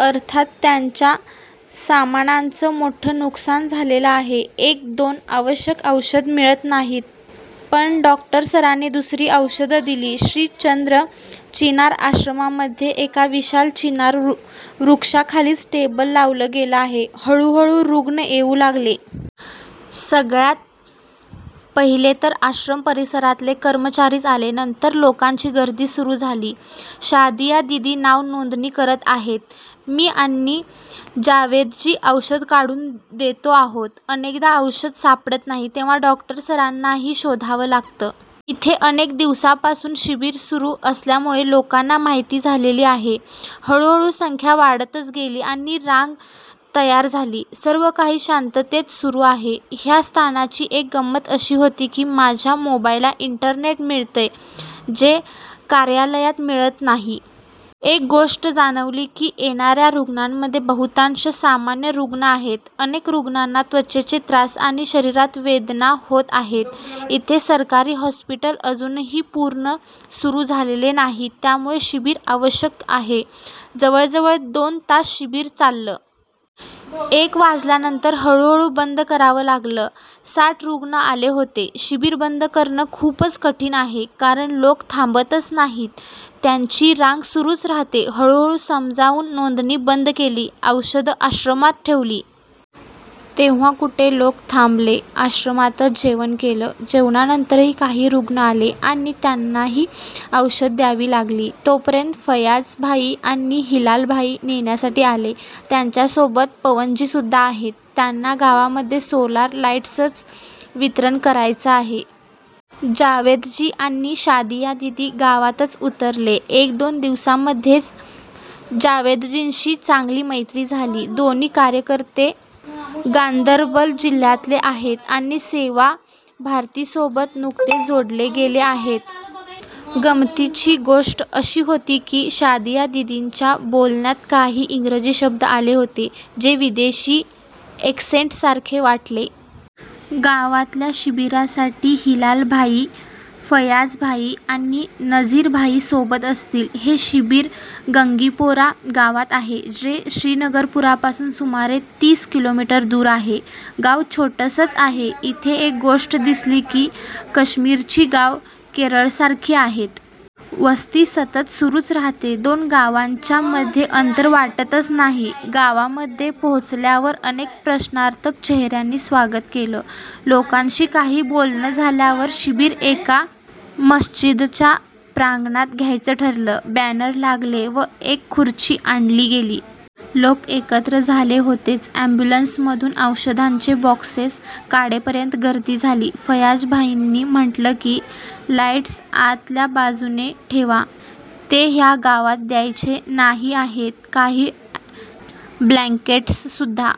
अर्थात त्यांच्या सामानाचं मोठं नुकसान झालेलं आहे. एक- दोन आवश्यक औषधं मिळत नाहीत. पण डॉ. सरांनी दुसरी औषधं दिली. श्री चन्द्र चिनार आश्रमामध्ये एका विशाल चिनार वृक्षाखालीच टेबल लावलं गेलं आहे. हळु हळु रुग्ण येऊ लागले. सगळ्यात पहिले तर आश्रम परिसरातले कर्मचारीच आले. नंतर लोकांची गर्दी सुरू झाली. शादिया दिदी नाव नोंदणी करत आहेत; मी आणि जावेदजी औषधं काढून देतो आहोत. अनेकदा औषध सापडत नाही. तेव्हा डॉ. सरांनाही शोधावं लागतं. इथे अनेक दिवसांपासून शिबिर सुरू असल्यामुळे लोकांना माहिती झालेली आहे. हळु हळु संख्या वाढतच गेली आणि रांग तयार झाली. सर्व काही शांततेत सुरू आहे. ह्या स्थानाची एक गंमत अशी होती की माझ्या मोबाईलला इंटरनेट मिळतंय; जे कार्यालयात मिळत नाही. एक गोष्ट जाणवली की, येणा-या रुग्णांमध्ये बहुतांश सामान्य रुग्ण आहेत. अनेक रुग्णांना त्वचेचे त्रास आणि शरीरात वेदना होत आहेत. इथे सरकारी हॉस्पिटल अजूनही पूर्ण सुरू झालेले नाहीत. त्यामुळे शिबिर आवश्यक आहे. जवळजवळ दोन तास शिबिर चाललं. एक वाजल्यानंतर हळु हळु बंद करावं लागलं. साठ रुग्ण आले होते. शिबिर बंद करणं खूपच कठिण आहे; कारण लोक थांबतच नाहीत. त्यांची रांग सुरूच राहते. हळु हळु समजावून नोंदणी बंद केली. औषधं आश्रमात ठेवली. तेव्हा कुठे लोक थांबले. आश्रमातच जेवण केलं. जेवणानंतरही काही रुग्ण आले आणि त्यांनाही औषधं द्यावी लागली. तोपर्यंत फयाज़ भाई आणि हिलाल भाई नेण्यासाठी आले. त्यांच्यासोबत पवनजीसुद्धा आहेत. त्यांना गावामध्ये सोलार लाईटसचं वितरण करायचं आहे. जावेदजी आणि शादिया दिदी गावातच उतरले. एक- दोन दिवसांमध्येच जावेदजींशी चांगली मैत्री झाली. दोन्ही कार्यकर्ते गांदरबल जिल्ह्यातले आहेत आणि सेवा भारतीसोबत नुकतेच जोडले गेले आहेत. गमतीची गोष्ट अशी होती की शादिया दिदींच्या बोलण्यात काही इंग्रजी शब्द आले होते जे विदेशी एक्सेंटसारखे वाटले. गावातल्या शिबिरासाठी हिलाल भाई, फयाज़ भाई आणि नज़ीर भाई सोबत असतील. हे शिबिर गंगीपोरा गावात आहे जे श्रीनगरपासून सुमारे तीस किलोमीटर दूर आहे. गांव छोटसंच आहे. इथे एक गोष्ट दिसली की कश्मीरची गावं केरळसारखी आहेत. वस्ती सतत सुरूच राहते. दोन गावांच्या मध्ये अंतर वाटतच नाही. गावामध्ये पोहचल्यावर अनेक प्रश्नार्थक चेह-यांनी स्वागत केलं. लोकांशी काही बोलणं झाल्यावर शिबिर एका मस्जीदच्या प्रांगणात घ्यायचं ठरलं. बॅनर लागले व एक खुर्ची आणली गेली. लोक एकत्र झाले होतेच. एम्ब्युलन्समधून औषधांचे बॉक्सेस काढेपर्यंत गर्दी झाली. फयाज़ भाईंनी म्हंटलं की, लाईटस आतल्या बाजूने ठेवा; ते ह्या गावात द्यायचे नाही आहेत. काही ब्लँकेटससुद्धा